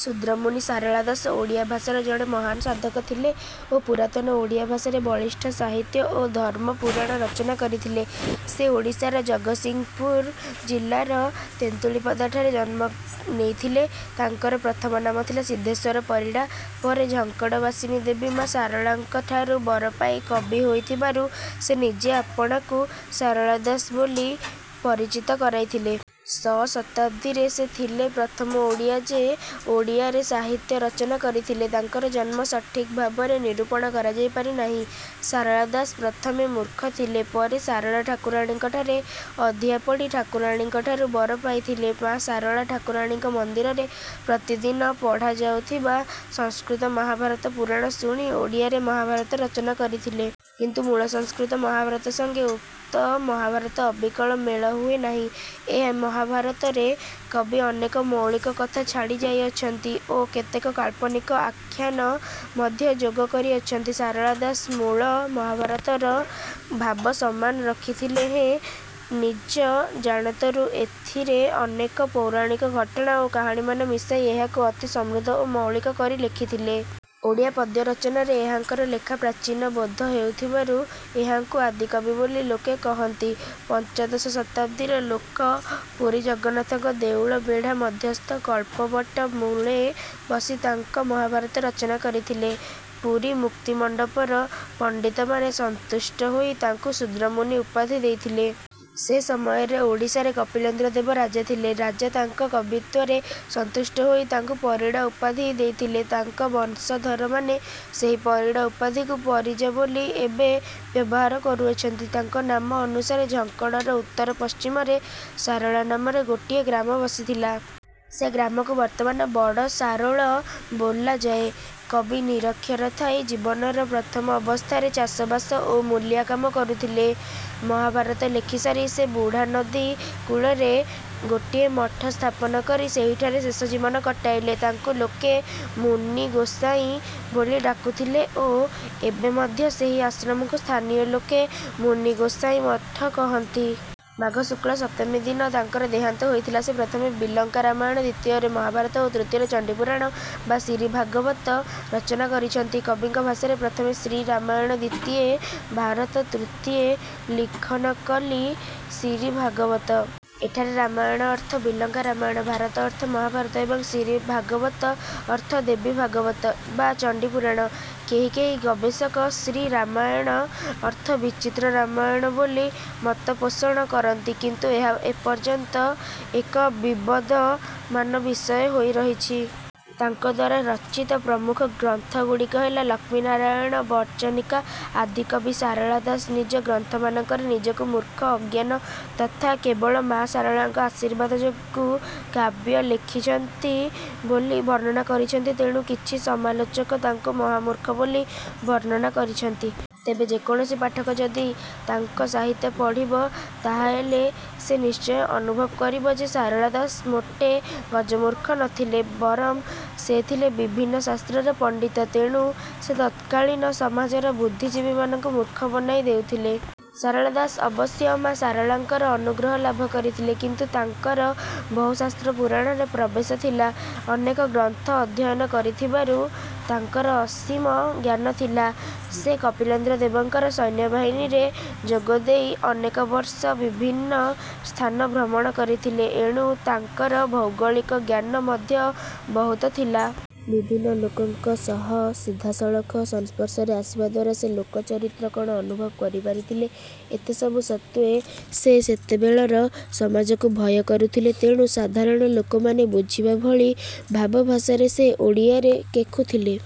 ଶୂଦ୍ରମୁନି ସାରଳା ଦାସ ଓଡ଼ିଆ ଭାଷାର ଜଣେ ମହାନ ସାଧକ ଥିଲେ ଓ ପୁରାତନ ଓଡ଼ିଆ ଭାଷାରେ ବଳିଷ୍ଠ ସାହିତ୍ୟ ଓ ଧର୍ମ ପୁରାଣ ରଚନା କରିଥିଲେ। ସେ ଓଡ଼ିଶାର ଜଗତସିଂହପୁର ଜିଲ୍ଲାର "ତେନ୍ତୁଳିପଦା"ଠାରେ ଜନ୍ମ ନେଇଥିଲେ। ତାଙ୍କର ପ୍ରଥମ ନାମ ଥିଲା "ସିଦ୍ଧେଶ୍ୱର ପରିଡ଼ା", ପରେ ଝଙ୍କଡ ବାସିନୀ ଦେବୀ ମା ଶାରଳାଙ୍କଠାରୁ ବର ପାଇ କବି ହୋଇଥିବାରୁ ସେ ନିଜେ ଆପଣାକୁ 'ସାରଳା ଦାସ' ବୋଲି ପରିଚିତ କରାଇଥିଲେ। ଶ ଶତାବ୍ଦୀରେ ସେ ଥିଲେ ପ୍ରଥମ ଓଡ଼ିଆ ଯେ ଓଡ଼ିଆରେ ସାହିତ୍ୟ ରଚନା କରିଥିଲେ। ତାଙ୍କର ଜନ୍ମ ସଠିକ ଭାବରେ ନିରୂପଣ କରାଯାଇ ପାରି ନାହିଁ। ସାରଳା ଦାସ ପ୍ରଥମେ ମୂର୍ଖ ଥିଲେ; ପରେ ସାରଳା ଠାକୁରାଣୀଙ୍କଠାରେ ଅଧିଆ ପଡ଼ି ଠାକୁରାଣୀଙ୍କଠାରୁ ବର ପାଇଥିଲେ। ମା ଶାରଳା ଠାକୁରାଣୀଙ୍କ ମନ୍ଦିରରେ ପ୍ରତି ଦିନ ପଢ଼ା ଯାଉଥିବା ସଂସ୍କୃତ ମହାଭାରତ ପୁରାଣ ଶୁଣି ଓଡ଼ିଆରେ ମହାଭାରତ ରଚନା କରିଥିଲେ। କିନ୍ତୁ ମୂଳ ସଂସ୍କୃତ ମହାଭାରତ ସଙ୍ଗେ ଉକ୍ତ ମହାଭାରତ ଅବିକଳ ମେଳ ହୁଏ ନାହିଁ। ଏ ମହାଭାରତରେ କବି ଅନେକ ମୌଳିକ କଥା ଛାଡ଼ି ଯାଇଅଛନ୍ତି ଓ କେତେକ କାଳ୍ପନିକ ଆଖ୍ୟାନ ମଧ୍ୟ ଯୋଗ କରିଅଛନ୍ତି। ସାରଳା ଦାସ ମୂଳ ମହାଭାରତର ଭାବ ସମାନ ରଖିଥିଲେ ହେଁ ନିଜ ଜାଣତରୁ ଏଥିରେ ଅନେକ ପୌରାଣିକ ଘଟଣା ଓ କାହାଣୀମାନ ମିଶାଇ ଏହାକୁ ଅତି ସମୃଦ୍ଧ ଓ ମୌଳିକ କରି ଲେଖିଥିଲେ। ଓଡ଼ିଆ ପଦ୍ୟ ରଚନାରେ ଏହାଙ୍କର ଲେଖା ପ୍ରାଚୀନ ବୋଧ ହେଉଥିବାରୁ ଏହାଙ୍କୁ ଆଦିକବି ବୋଲି ଲୋକେ କହନ୍ତି। ପଞ୍ଚଦଶ ଶତାବ୍ଦୀର ଲୋକ ପୁରୀ ଜଗନ୍ନାଥଙ୍କ ଦେଉଳ ବେଢା ମଧ୍ୟସ୍ଥ କଳ୍ପବଟ ମୂଳେ ବସି ତାଙ୍କ ମହାଭାରତ ରଚନା କରିଥିଲେ। ପୁରୀ ମୁକ୍ତିମଣ୍ଡପର ପଣ୍ଡିତମାନେ ସନ୍ତୁଷ୍ଟ ହୋଇ ତାଙ୍କୁ 'ଶୂଦ୍ରମୁନି' ଉପାଧି ଦେଇଥିଲେ। ସେ ସମୟରେ ଓଡ଼ିଶାରେ କପିଳେନ୍ଦ୍ର ଦେବ ରାଜା ଥିଲେ। ରାଜା ତାଙ୍କ କବିତ୍ୱରେ ସନ୍ତୁଷ୍ଟ ହୋଇ ତାଙ୍କୁ 'ପରିଡ଼ା' ଉପାଧି ଦେଇଥିଲେ। ତାଙ୍କ ବଂଶଧରମାନେ ସେହି 'ପରିଡ଼ା' ଉପାଧିକୁ 'ପରିଜା' ବୋଲି ଏବେ ବ୍ୟବହାର କରୁଅଛନ୍ତି। ତାଙ୍କ ନାମ ଅନୁସାରେ ଝଙ୍କଡ଼ର ଉତ୍ତର-ପଶ୍ଚିମରେ 'ସାରଳା' ନାମରେ ଗୋଟିଏ଼ ଗ୍ରାମ ବସିଥିଲା। ସେ ଗ୍ରାମକୁ ବର୍ତ୍ତମାନ 'ବଡ଼ ସାରୋଳ' ବୋଲାଯାଏ। କବି ନିରକ୍ଷର ଥାଇ ଜୀବନର ପ୍ରଥମ ଅବସ୍ଥାରେ ଚାଷବାସ ଓ ମୂଲିଆ କାମ କରୁଥିଲେ। ମହାଭାରତ ଲେଖି ସାରି ସେ ବୁଢ଼ାନଦୀ କୂଳରେ ଗୋଟିଏ ମଠ ସ୍ଥାପନ କରି ସେହିଠାରେ ଶେଷ ଜୀବନ କଟାଇଲେ। ତାଙ୍କୁ ଲୋକେ 'ମୁନିଗୋସାଇଁ' ବୋଲି ଡାକୁଥିଲେ ଓ ଏବେ ମଧ୍ୟ ସେହି ଆଶ୍ରମକୁ ସ୍ଥାନୀୟ ଲୋକେ ମୁନି ଗୋସାଈଁ ମଠ କହନ୍ତି। ମାଘ ଶୁକ୍ଳ ସପ୍ତମୀ ଦିନ ତାଙ୍କର ଦେହାନ୍ତ ହୋଇଥିଲା। ସେ ପ୍ରଥମେ ବିଲଙ୍କା ରାମାୟଣ, ଦ୍ୱିତୀୟରେ ମହାଭାରତ ଓ ତୃତୀୟରେ ଚଣ୍ଡୀପୁରାଣ ବା ଶିରୀ ଭାଗବତ ରଚନା କରିଛନ୍ତି। କବିଙ୍କ ଭାଷାରେ:- "ପ୍ରଥମେ ଶ୍ରୀ ରାମାୟଣ ଦ୍ୱିତୀୟେ ଭାରତ ତୃତୀୟେ ଲିଖନ କଲି ଶିରୀ ଭାଗବତ"। ଏଠାରେ ରାମାୟଣ ଅର୍ଥ 'ବିଲଙ୍କା ରାମାୟଣ', ଭାରତ ଅର୍ଥ 'ମହାଭାରତ' ଏବଂ ଶିରୀ ଭାଗବତ ଅର୍ଥ 'ଦେବୀ ଭାଗବତ' ବା 'ଚଣ୍ଡୀପୁରାଣ'। କେହି କେହି ଗବେଷକ ଶ୍ରୀ ରାମାୟଣ ଅର୍ଥ ବିଚିତ୍ର ରାମାୟଣ ବୋଲି ମତପୋଷଣ କରନ୍ତି। କିନ୍ତୁ ଏହା ଏପର୍ଯ୍ୟନ୍ତ ଏକ ବିବଦମାନ ବିଷୟ ହୋଇରହିଛି। ତାଙ୍କଦ୍ୱାରା ରଚିତ ପ୍ରମୁଖ ଗ୍ରନ୍ଥଗୁଡିକ ହେଲା:- ଲକ୍ଷ୍ମୀନାରାୟଣ ବଚନିକା ଆଦିକବି ଶାରଳା ଦାସ ନିଜ ଗ୍ରନ୍ଥମାନଙ୍କରେ ନିଜକୁ ମୁର୍ଖ, ଅଜ୍ଞାନ ତଥା କେବଳ ମା ଶାରଳାଙ୍କ ଆଶୀର୍ବାଦ ଯୋଗୁ କାବ୍ୟ ଲେଖିଛ୍ହନ୍ତି ବୋଲି ବର୍ଣ୍ଣନା କରିଛନ୍ତି; ତେଣୁ କିଛି ସମାଲୋଚକ ତାଙ୍କୁ ମହାମୁର୍ଖ ବୋଲି ବର୍ଣ୍ଣନା କରିଛନ୍ତି। ତେବେ ଯେକୌଣସି ପାଠକ ଯଦି ତାଙ୍କ ସାହିତ୍ୟ ପଢ଼ିବ, ତାହାହେଲେ ସେ ନିଶ୍ଚୟ ଅନୁଭବ କରିବ ଯେ ଶାରଳା ଦାସ ମୋଟେ ଗଜମୁର୍ଖ ନ ଥିଲେ। ବରଂ ସେ ଥିଲେ ବିଭିନ୍ନ ଶାସ୍ତ୍ରର ପଣ୍ଡିତ, ତେଣୁ ସେ ତତ୍କାଳୀନ ସମାଜର ବୁଦ୍ଧିଜୀବିମାନଙ୍କୁ ମୂର୍ଖ ବନାଇ ଦେଉଥିଲେ। ଶାରଳା ଦାସ ଅବଶ୍ୟ ମା ଶାରଳାଙ୍କର ଅନୁଗ୍ରହ ଲାଭ କରିଥିଲେ, କିନ୍ତୁ ତାଙ୍କର ବହୁ ଶାସ୍ତ୍ର ପୁରାଣରେ ପ୍ରବେଶ ଥିଲା। ଅନେକ ଗ୍ରନ୍ଥ ଅଧ୍ୟୟନ କରିଥିବାରୁ ତାଙ୍କର ଅସୀମ ଜ୍ଞାନ ଥିଲା। ସେ କପିଳେନ୍ଦ୍ରଦେବଙ୍କର ସୈନ୍ୟବାହିନୀରେ ଯୋଗଦେଇ ଅନେକବର୍ଷ ବିଭିନ୍ନ ସ୍ଥାନ ଭ୍ରମଣ କରିଥିଲେ, ଏଣୁ ତାଙ୍କର ଭୌଗଳିକ ଜ୍ଞାନ ମଧ୍ୟ ବହୁତ ଥିଲା। ବିଭିନ୍ନ ଲୋକଙ୍କ ସହ ସିଧାସଳଖ ସଂସ୍ପର୍ଶରେ ଆସିବାଦ୍ୱାରା ସେ ଲୋକଚରିତ୍ର କଣ ଅନୁଭବ କରିପାରିଥିଲେ। ଏତେ ସବୁ ସତ୍ତ୍ୱେ ସେ ସେତେବେଳର ସମାଜକୁ ଭୟ କରୁଥିଲେ, ତେଣୁ ସାଧାରଣ ଲୋକମାନେ ବୁଝିବା ଭଳି ଭାବ ଭାଷାରେ ସେ ଓଡ଼ିଆରେ କେଖୁଥିଲେ।